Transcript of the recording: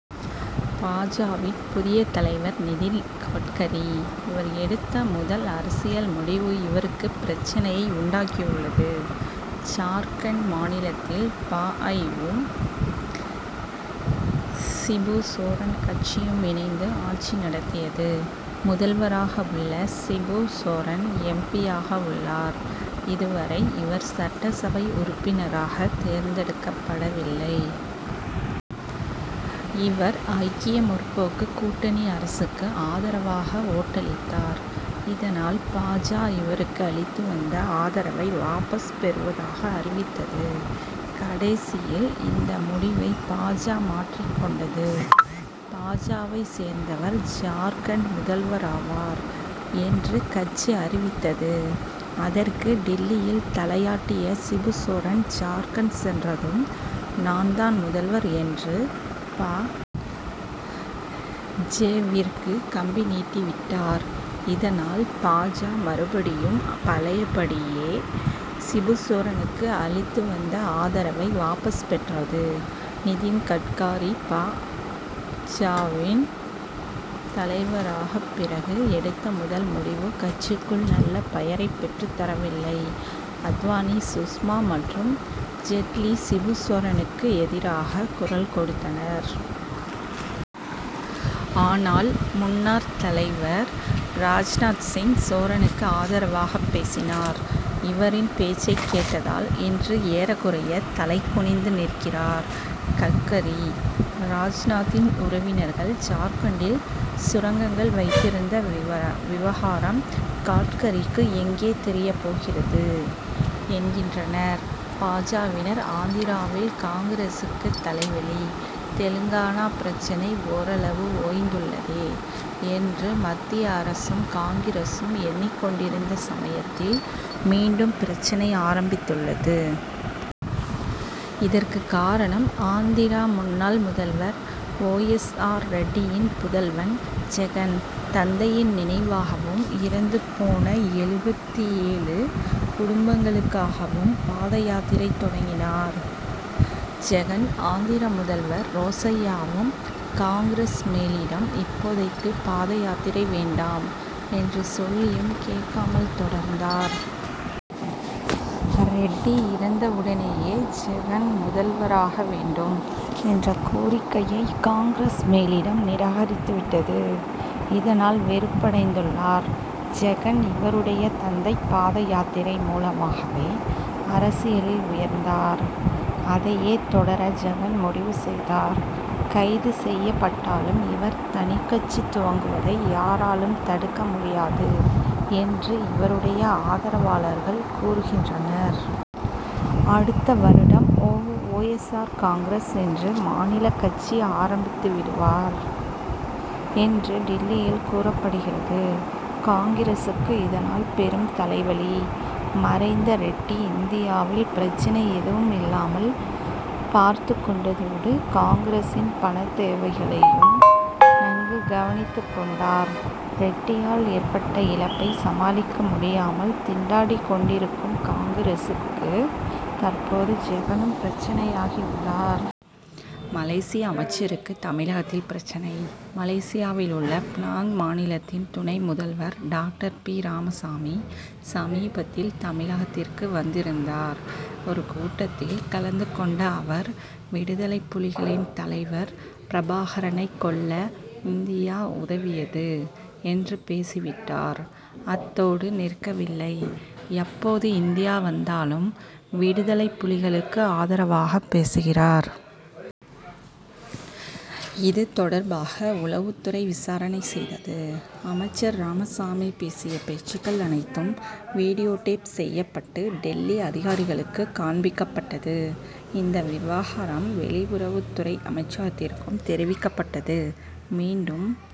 பா. ஜ.,வின் புதிய தலைவர் நிதின் கட்காரி. இவர் எடுத்த முதல் அரசியல் முடிவு இவருக்கு பிரச்னையை உண்டாக்கியுள்ளது. ஜார்க்கண்ட் மாநிலத்தில் பா. ஜ.,வும், சிபு சோரன் கட்சியும் இணைந்து ஆட்சி நடத்தியது. முதல்வராக உள்ள சிபு சோரன், எம். பி.,யாக உள்ளார். இதுவரை இவர் சட்டசபை உறுப்பினராக தேர்ந்தெடுக்கப்படவில்லை. இவர் ஐக்கிய முற்போக்கு கூட்டணி அரசுக்கு ஆதரவாக ஓட்டளித்தார். இதனால், பா. ஜ., இவருக்கு அளித்து வந்த ஆதரவை வாபஸ் பெறுவதாக அறிவித்தது. கடைசியில் இந்த முடிவை பா. ஜ., மாற்றிக் கொண்டது. பா. ஜ.,வைச் சேர்ந்தவர் ஜார்க்கண்ட் முதல்வராவார் என்று கட்சி அறிவித்தது. அதற்கு டில்லியில் தலையாட்டிய சிபு சோரன், "ஜார்க்கண்ட் சென்றதும் நான் தான் முதல்வர்' என்று, பா. ஜ.,விற்கு கம்பி நீட்டிவிட்டார். இதனால், பா. ஜ., மறுபடியும் பழைய படியே, சிபுசோரனுக்கு அளித்து வந்த ஆதரவை வாபஸ் பெற்றது. நிதின் கட்காரி பா. ஜ.,வின் தலைவரான பிறகு, எடுத்த முதல் முடிவு கட்சிக்குள் நல்ல பெயரைப் பெற்றுத் தரவில்லை. அத்வானி, சுஷ்மா மற்றும் ஜெட்லி, சிபு சோரனுக்கு எதிராக குரல் கொடுத்தனர். ஆனால், முன்னாள் தலைவர் ராஜ்நாத் சிங், சோரனுக்கு ஆதரவாகப் பேசினார். இவரின் பேச்சைக் கேட்டதால், இன்று ஏறக்குறைய தலை குனிந்து நிற்கிறார் கட்காரி. ராஜ்நாத்தின் உறவினர்கள் ஜார்க்கண்டில் சுரங்கங்கள் வைத்திருக்கிற விவகாரம் கட்காரிக்கு எங்கே தெரியப் போகிறது? என்கின்றனர் பா. ஜ.,வினர். ஆந்திராவில் காங்கிரசுக்கு தலைவலி: தெலுங்கானா பிரச்னை ஓரளவு ஓய்ந்துள்ளதே என்று மத்திய அரசும், காங்கிரசும் எண்ணிக் கொண்டிருந்த சமயத்தில், மீண்டும் பிரச்னை ஆரம்பித்துள்ளது. இதற்கு காரணம் ஆந்திரா முன்னாள் முதல்வர் ஒய். எஸ். ஆர் ரெட்டியின் புதல்வன் ஜெகன். தந்தையின் நினைவாகவும், இறந்து போன எழுபத்து ஏழு குடும்பங்களுக்காகவும் பாத யாத்திரை தொடங்கினார் ஜெகன். ஆந்திர முதல்வர் ரோசய்யாவும், காங்கிரஸ் மேலிடமும் இப்போதைக்கு பாத யாத்திரை வேண்டாம் என்று சொல்லியும் கேட்காமல் தொடர்ந்தார். ரெட்டி இறந்த உடனேயே ஜெகன் முதல்வராக வேண்டும் என்ற கோரிக்கையை காங்., மேலிடம் நிராகரித்துவிட்டது. இதனால், வெறுப்படைந்துள்ளார் ஜெகன். இவருடைய தந்தை பாத யாத்திரை மூலமாகவே அரசியலில் உயர்ந்தார். அதையே தொடர ஜெகன் முடிவு செய்தார். கைது செய்யப்பட்டாலும் இவர் தனிக் கட்சி துவங்குவதை யாராலும் தடுக்க முடியாது' என்று இவருடைய ஆதரவாளர்கள் கூறுகின்றனர். அடுத்த வருடம் ஒய். எஸ். ஆர்., காங்கிரஸ் என்று மாநில கட்சி ஆரம்பித்துவிடுவார் என்று டில்லியில் கூறப்படுகிறது. காங்கிரசுக்கு இதனால் பெரும் தலைவலி. மறைந்த ரெட்டி ஆந்திராவில் பிரச்னை எதுவும் இல்லாமல் பார்த்துக் கொண்டதோடு காங்கிரசின் பணத்தேவைகளையும் நன்கு கவனித்துக் கொண்டார். ரெட்டியால் ஏற்பட்ட இழப்பை சமாளிக்க முடியாமல் திண்டாடிக் கொண்டிருக்கும் காங்கிரசுக்கு தற்போது ஜெகனும் பிரச்னையாகியுள்ளார். மலேசிய அமைச்சருக்கு தமிழகத்தில் பிரச்னை: மலேசியாவிலுள்ள பினாங் மாநிலத்தின் துணை முதல்வர் டாக்டர் பி. ராமசாமி சமீபத்தில் தமிழகத்திற்கு வந்திருந்தார். ஒரு கூட்டத்தில் கலந்து கொண்ட அவர், விடுதலைப்புலிகளின் தலைவர் பிரபாகரனைக் கொல்ல இந்தியா உதவியது என்று பேசிவிட்டார். அத்தோடு நிற்கவில்லை; எப்போது இந்தியா வந்தாலும் விடுதலைப்புலிகளுக்கு ஆதரவாகப் பேசுகிறார். இது தொடர்பாக உளவுத்துறை விசாரணை செய்தது. அமைச்சர் ராமசாமி பேசிய பேச்சுக்கள் அனைத்தும் வீடியோ டேப் செய்யப்பட்டு டில்லி அதிகாரிகளுக்குக் காண்பிக்கப்பட்டது. இந்த விவகாரம் வெளியுறவுத்துறை அமைச்சகத்திற்கும் தெரிவிக்கப்பட்டது. மீண்டும்